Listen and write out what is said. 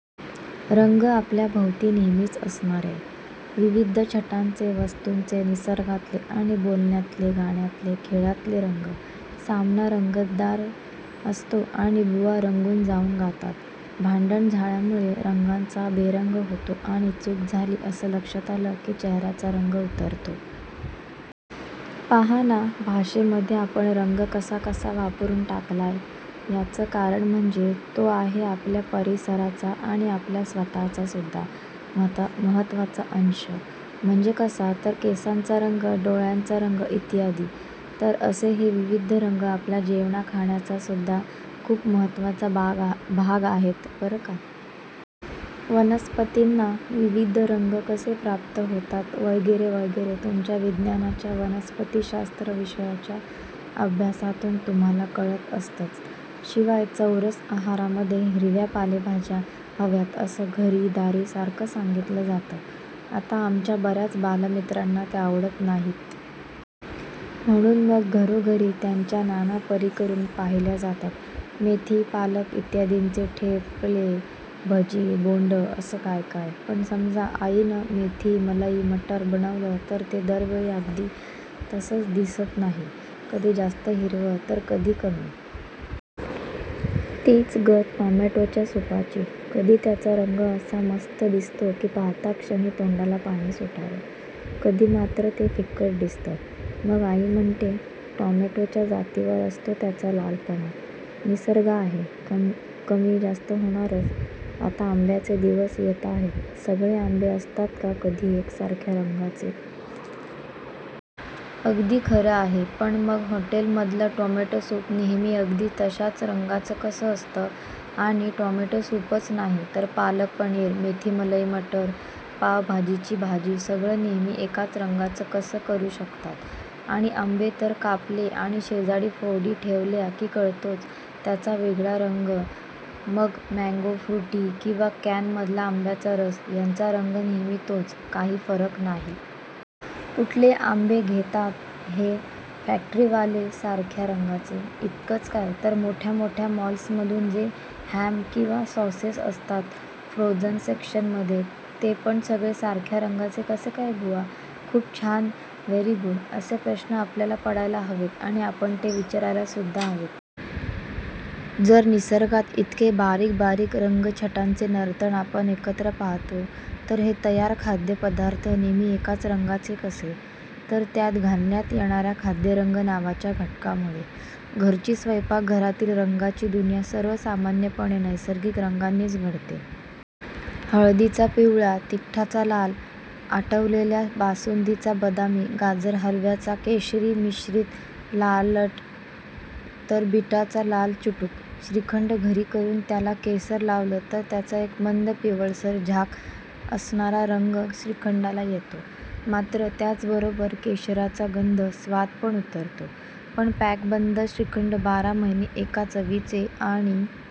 रंग! आपल्या भोवती नेहमीच असणारे. विविध छटांचे, वस्तूंचे, निसर्गातले आणि बोलण्यातले-गाण्यातले-खेळातले रंग! सामना रंगतदार असतो आणि बुवा रंगून जाऊन गातात. भांडण झाल्यामुळे रंगांचा बेरंग होतो आणि 'चूक झाली' असं लक्षात आलं की चेहऱ्याचा रंग उतरतो. पाहा ना! भाषेमध्ये आपण रंग कसा कसा वापरून टाकलाय. याचं कारण म्हणजे तो आहे आपल्या परिसराचा आणि आपल्या स्वतःचा सुद्धा महत्त्वाचा अंश! म्हणजे कसा, तर केसांचा रंग, डोळ्यांचा रंग इत्यादी. तर असे हे विविध रंग आपल्या जेवणा-खाण्याचासुद्धा खूप महत्त्वाचा भाग आहेत बरं का! वनस्पतींना विविध रंग कसे प्राप्त होतात वगैरे वगैरे तुमच्या विज्ञानाच्या, वनस्पतीशास्त्र विषयाच्या अभ्यासातून तुम्हांला कळत असतंच. शिवाय चौरस आहारामध्ये 'हिरव्या पालेभाज्या' हव्यात असं घरी-दारी सारखं सांगितलं जातंच. आता आमच्या बऱ्याच बालमित्रांना त्या आवडत नाहीत. म्हणून मग घरोघरी त्यांच्या नाना परी करून पाहिल्या जातात. मेथी-पालक इत्यादींचे ठेपले, भजी, बोंडं असं काय काय! पण समजा आईनं मेथी-मलई-मटर बनवलं तर ते दरवेळी अगदी तस्सच दिसत नाही. कधी जास्त हिरवं तर कधी कमी. तीच गत टोमॅटोच्या सुपाची. कधी त्याचा रंग असा मस्त दिसतो की पाहताक्षणी तोंडाला पाणी सुटावं. कधी मात्र ते फिकट दिसतं, मग आई म्हणते, 'टोमॅटोच्या जातीवर असतो त्याचा लालपणा. निसर्ग आहे, कमी-जास्त होणारच!' आता आंब्याचे दिवस येताहेत, सगळे आंबे असतात का कधी एकसारख्या रंगाचे? अगदी खरं आहे. पण मग हॉटेलमधलं टोमॅटो सूप नेहमी अगदी तशाच रंगाचं कसं असतं? आणि टोमॅटो सूपच नाही, तर पालक-पनीर, मेथी-मलई-मटर, पावभाजीची भाजी सगळं नेहमी एकाच रंगाचं कसं करू शकतात? आणि आंबे तर कापले आणि शेजारी फोडी ठेवल्या की कळतोच त्यांचा वेगळा रंग, मग मँगो फ्रुटी किंवा कॅनमधला आंब्याचा रस ह्यांचा रंग नेहमी तोच, काही फरक नाही. कुठले आंबे घेतात हे फॅक्टरीवाले, सारख्या रंगाचे? इतकंच काय, तर मोठ्या मोठ्या मॉल्समधून जे हॅम किंवा सॉसेस असतात, फ्रोजन सेक्शनमध्ये ते पण सगळे सारख्या रंगाचे कसे काय बुवा? खूप छान, व्हेरी गुड! असे प्रश्न आपल्याला पडायला हवेत आणि आपण ते विचारायलासुद्धा हवेत. जर निसर्गात इतके बारीक बारीक रंगछटांचे नर्तन आपण सर्वत्र पाहतो तर हे तयार खाद्यपदार्थ नेहमी एकाच रंगाचे कसे, तर त्यात घालण्यात येणाऱ्या खाद्यरंग नावाच्या घटकामुळे. घरची, स्वयंपाकघरातील रंगाची दुनिया सर्वसामान्यपणे नैसर्गिक रंगांनीच घडते. हळदीचा पिवळा, तिखटाचा लाल, आटवलेल्या बासुंदीचा बदामी, गाजर हलव्याचा केशरीमिश्रित लालट तर बीटाचा लालचुटुक. श्रीखंड घरी करून त्याला केशर लावलं तर त्याचा एक मंद पिवळसर झाक असणारा रंग श्रीखंडाला येतो. मात्र त्याबरोबर केशराचा गंध, स्वादपण उतरतो. पण पॅकबंद श्रीखंड बारा महिने एका चवीचे आणि